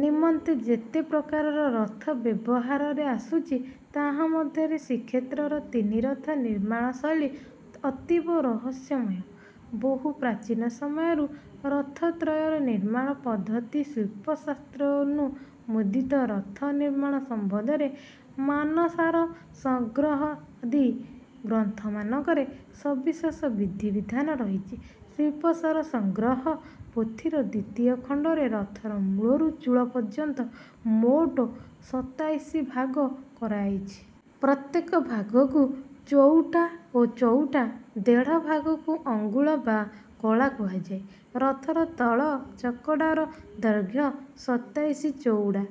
ନିମନ୍ତେ ଯେତେ ପ୍ରକାରର ରଥ ବ୍ୟବହାରରେ ଆସୁଛି, ତାହା ମଧ୍ୟରେ ଶ୍ରୀକ୍ଷେତ୍ରର ତିନି ରଥ ନିର୍ମାଣ ଶୈଳୀ ଅତୀବ ରହସ୍ୟମୟ। ବହୁ ପ୍ରାଚୀନ ସମୟରୁ ରଥତ୍ରୟର ନିର୍ମାଣ ପଦ୍ଧତି ଶିଳ୍ପଶାସ୍ତ୍ରାନୁମୋଦିତ। ରଥ ନିର୍ମାଣ ସମ୍ବନ୍ଧରେ ମାନସାର ସଂଗ୍ରହାଦି ଗ୍ରନ୍ଥମାନଙ୍କରେ ସବିଶେଷ ବିଧିବିଧାନ ରହିଛି। ଶିଳ୍ପସାର ସଂଗ୍ରହ ପୋଥିର ଦ୍ୱିତୀୟ ଖଣ୍ଡରେ ରଥର ମୂଳରୁ ଚୂଳ ପର୍ଯ୍ୟନ୍ତ ମୋଟ ସତାଇଶି ଭାଗ କରାଯାଇଛି। ପ୍ରତ୍ୟେକ ଭାଗକୁ 'ଚଉଠା' ଓ ଚଉଠା ଦେଢ଼ ଭାଗକୁ 'ଅଙ୍ଗୁଳ' ବା 'କଳା' କୁହାଯାଏ। ରଥର ତଳ ଚକଡ଼ାର ଦୈର୍ଘ୍ୟ ସତାଇଶି ଚଉଠା।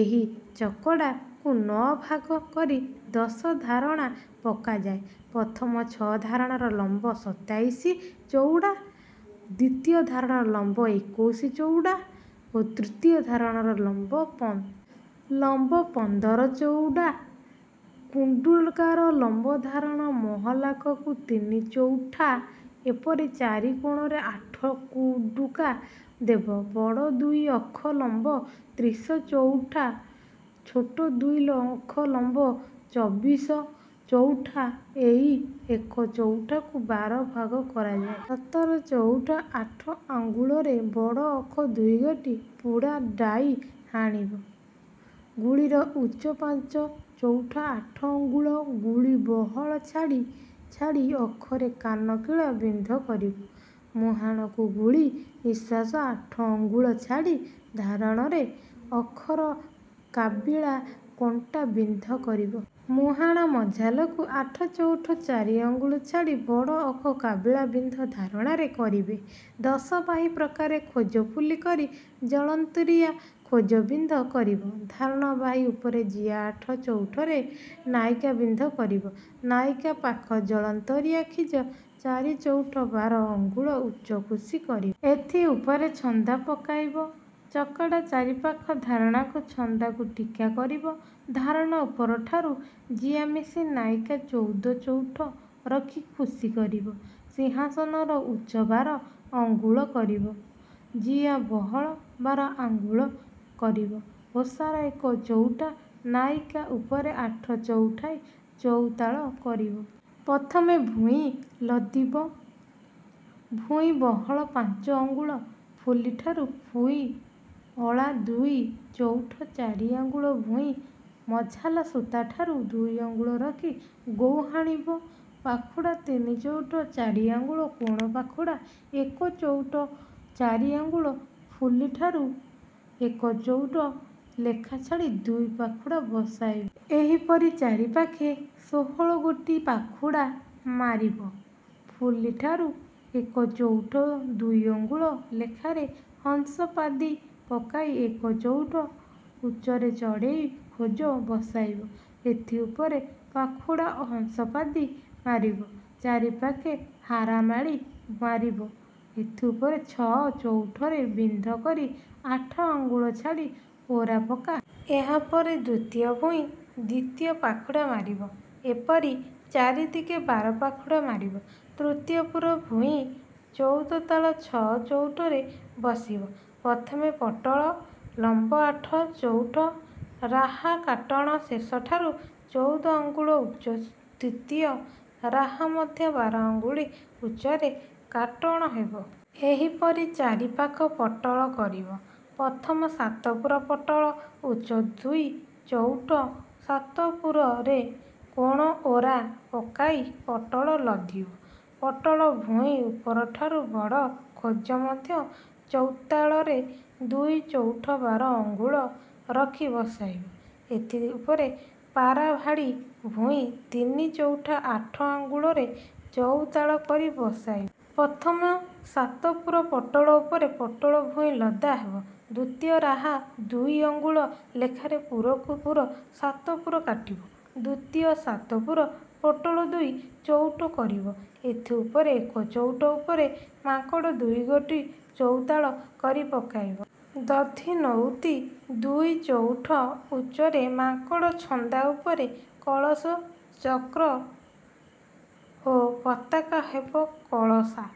ଏହି ଚକଡ଼ାକୁ ନଅ ଭାଗ କରି ଦଶ ଧାରଣା ପକାଯାଏ। ପ୍ରଥମ ଛଅ ଧାରଣାର ଲମ୍ବ ସତାଇଶି ଚଉଠା, ଦ୍ୱିତୀୟ ଧାରଣାର ଲମ୍ବ ଏକୋଇଶି ଚଉଠା ଓ ତୃତୀୟ ଧାରଣାର ଲମ୍ବ ପନ୍ଦର ଚଉଠା। ମୁହାଣର ଲମ୍ବ ପନ୍ଦର ଚଉଠା, କୁଡ଼ୁକାର ଲମ୍ବ ଧାରଣ ମହଲାକୁ ତିନି ଚଉଠା, ଏପରି ଚାରି କୋଣରେ ଆଠ କୁଡ଼ୁକା ଦେବ। ବଡ଼ ଦୁଇ ଅଖ ଲମ୍ବ ତ୍ରିଶ ଚଉଠା, ଛୋଟ ଦୁଇ ଅଖ ଲମ୍ବ ଚୋବିଶ ଚଉଠା। ଏହି ଏକ ଚଉଠାକୁ ବାର ଭାଗ କରାଯାଏ। ସତର ଚଉଠ ଆଠ ଅଙ୍ଗୁଳରେ ବଡ଼ ଅଖ ଦୁଇଗୋଟି ପୁଡ଼ା ଡାଇ ହାଣିବ। ଗୁଳିର ଉଚ୍ଚ ପାଞ୍ଚ ଚଉଠ ଆଠ ଅଙ୍ଗୁଳ। ଗୁଳି ବହଳ ଛାଡ଼ି ଛାଡ଼ି ଅଖରେ କାନ କିଳା ବିନ୍ଧ କରିବ। ମୁହାଣକୁ ଗୁଳି ନିଶ୍ୱାସ ଆଠ ଅଙ୍ଗୁଳ ଛାଡ଼ି ଧାରଣାରେ ଅଖର କାବିଳା କଣ୍ଟା ବିନ୍ଧ କରିବ। ମୁହାଣ ମଝାଲକୁ ଆଠ ଚଉଠ ଚାରି ଅଙ୍ଗୁଳ ଛାଡ଼ି ବଡ଼ ଅଖ କାବିଳା ବିନ୍ଧ ଧାରଣାରେ କରିବେ। ଦଶ ବାହି ପ୍ରକାରେ ଗୋଜଫୁଲି କରି ଜଳନ୍ତରିଆ ଖୋଜ ବିନ୍ଧ କରିବ। ଧାରଣା ବାହି ଉପରେ ଜିଆ ଆଠ ଚଉଠରେ ନାଇକା ବିନ୍ଧ କରିବ। ନାଇକା ପାଖ ଜଳନ୍ତରିଆ ଖିଜ ଚାରି ଚଉଠ ବାର ଅଙ୍ଗୁଳ ଉଚ୍ଚ ଖୁସି କରିବ। ଏଥି ଉପରେ ଛନ୍ଦା ପକାଇବ। ଚକଡ଼ା ଚାରିପାଖ ଧାରଣାକୁ ଛନ୍ଦାକୁ ଟୀକା କରିବ। ଧାରଣା ଉପରଠାରୁ ଜିଆ ମିଶି ନାଇକା ଚଉଦ ଚଉଠ ରଖି ଖୁସି କରିବ। ସିଂହାସନର ଉଚ୍ଚ ବାର ଅଙ୍ଗୁଳ କରିବ। ଜିଆ ବହଳ ବାର ଆଙ୍ଗୁଳ କରିବ। ଓସାର ଏକ ଚଉଠା, ନାଇକା ଉପରେ ଆଠ ଚଉଠାଇ ଚଉତାଳ କରିବ। ପ୍ରଥମେ ଭୂଇଁ ଲଦିବ। ଭୂଇଁ ବହଳ ପାଞ୍ଚ ଅଙ୍ଗୁଳ, ଫୁଲିଠାରୁ ଭୂଇଁ ଅଁଳା ଦୁଇ ଚଉଠ ଚାରି ଅଙ୍ଗୁଳ। ଭୂଇଁ ମଝାଲ ସୂତାଠାରୁ ଦୁଇ ଅଙ୍ଗୁଳ ରଖି ଗୈ ହାଣିବ। ପାଖୁଡ଼ା ତିନି ଚଉଠ ଚାରି ଅଙ୍ଗୁଳ, କୋଣ ପାଖୁଡ଼ା ଏକ ଚଉଠ ଚାରି ଅଙ୍ଗୁଳ, ଫୁଲିଠାରୁ ଏକ ଚଉଠ ଲେଖା ଛାଡ଼ି ଦୁଇ ପାଖୁଡ଼ା ବସାଇବ। ଏହିପରି ଚାରିପାଖେ ଷୋହଳଗୋଟି ପାଖୁଡ଼ା ମାରିବ। ଫୁଲିଠାରୁ ଏକ ଚଉଠ ଦୁଇ ଅଙ୍ଗୁଳ ଲେଖାରେ ହଂସପାଦି ପକାଇ ଏକ ଚଉଠ ଉଚ୍ଚରେ ଚଢ଼େଇ ଖୋଜ ବସାଇବ। ଏଥି ଉପରେ ପାଖୁଡ଼ା ହଂସପାଦି ମାରିବ। ଚାରିପାଖେ ହାରାମାଳି ମାରିବ। ଏଥି ଉପରେ ଛଅ ଚଉଠରେ ବିନ୍ଧ କରି ଆଠ ଅଙ୍ଗୁଳ ଛାଡ଼ି ଓରା ପକାଇବ। ଏହା ପରେ ଦ୍ୱିତୀୟ ଭୂଇଁ, ଦ୍ୱିତୀୟ ପାଖୁଡ଼ା ମାରିବ। ଏପରି ଚାରିଦିଗେ ବାର ପାଖୁଡ଼ା ମାରିବ। ତୃତୀୟ ପୁର ଭୂଇଁ ଚଉତାଳ ଛଅ ଚଉଠରେ ବସିବ। ପ୍ରଥମେ ପଟଳ ଲମ୍ବ ଆଠ ଚଉଠ, ରାହା କାଟଣ ଶେଷଠାରୁ ଚଉଦ ଅଙ୍ଗୁଳ ଉଚ୍ଚ, ଦ୍ୱିତୀୟ ରାହା ମଧ୍ୟ ବାର ଅଙ୍ଗୁଳ ଉଚ୍ଚରେ କାଟଣ ହେବ। ଏହିପରି ଚାରିପାଖ ପଟଳ କରିବ। ପ୍ରଥମ ସାତପୁର ପଟଳ ଉଚ୍ଚ ଦୁଇ ଚଉଠ, ସାତପୁରରେ କୋଣ ଓରା ପକାଇ ପଟଳ ଲଦିବ। ପଟଳ ଭୂଇଁ ଉପରଠାରୁ ବଡ଼ ଖୋଜ ମଧ୍ୟ ଚୌତାଳରେ ଦୁଇ ଚଉଠ ବାର ଅଙ୍ଗୁଳ ରଖି ବସାଇବ। ଏଥି ଉପରେ ପାରାଭାଡ଼ି ଭୂଇଁ ତିନି ଚଉଠ ଆଠ ଅଙ୍ଗୁଳରେ ଚଉତାଳ କରି ବସାଇବ। ପ୍ରଥମ ସାତପୁର ପଟଳ ଉପରେ ପଟଳ ଭୂଇଁ ଲଦା ହେବ। ଦ୍ୱିତୀୟ ରାହା ଦୁଇ ଅଙ୍ଗୁଳ ଲେଖାରେ ପୁରକୁ ପୁର ସାତପୁର କାଟିବ। ଦ୍ୱିତୀୟ ସାତପୁର ପଟଳ ଦୁଇ ଚଉଠ କରିବ। ଏଥି ଉପରେ ଏକ ଚଉଠ ଉପରେ ମାଙ୍କଡ଼ ଦୁଇଗୋଟି ଚଉତାଳ କରି ପକାଇବ। ଦଧିନଉତି ଦୁଇ ଚଉଠ ଉଚ୍ଚରେ ମାଙ୍କଡ଼ଛନ୍ଦା ଉପରେ କଳସ, ଚକ୍ର ଓ ପତାକା ହେବ। କଳଶା...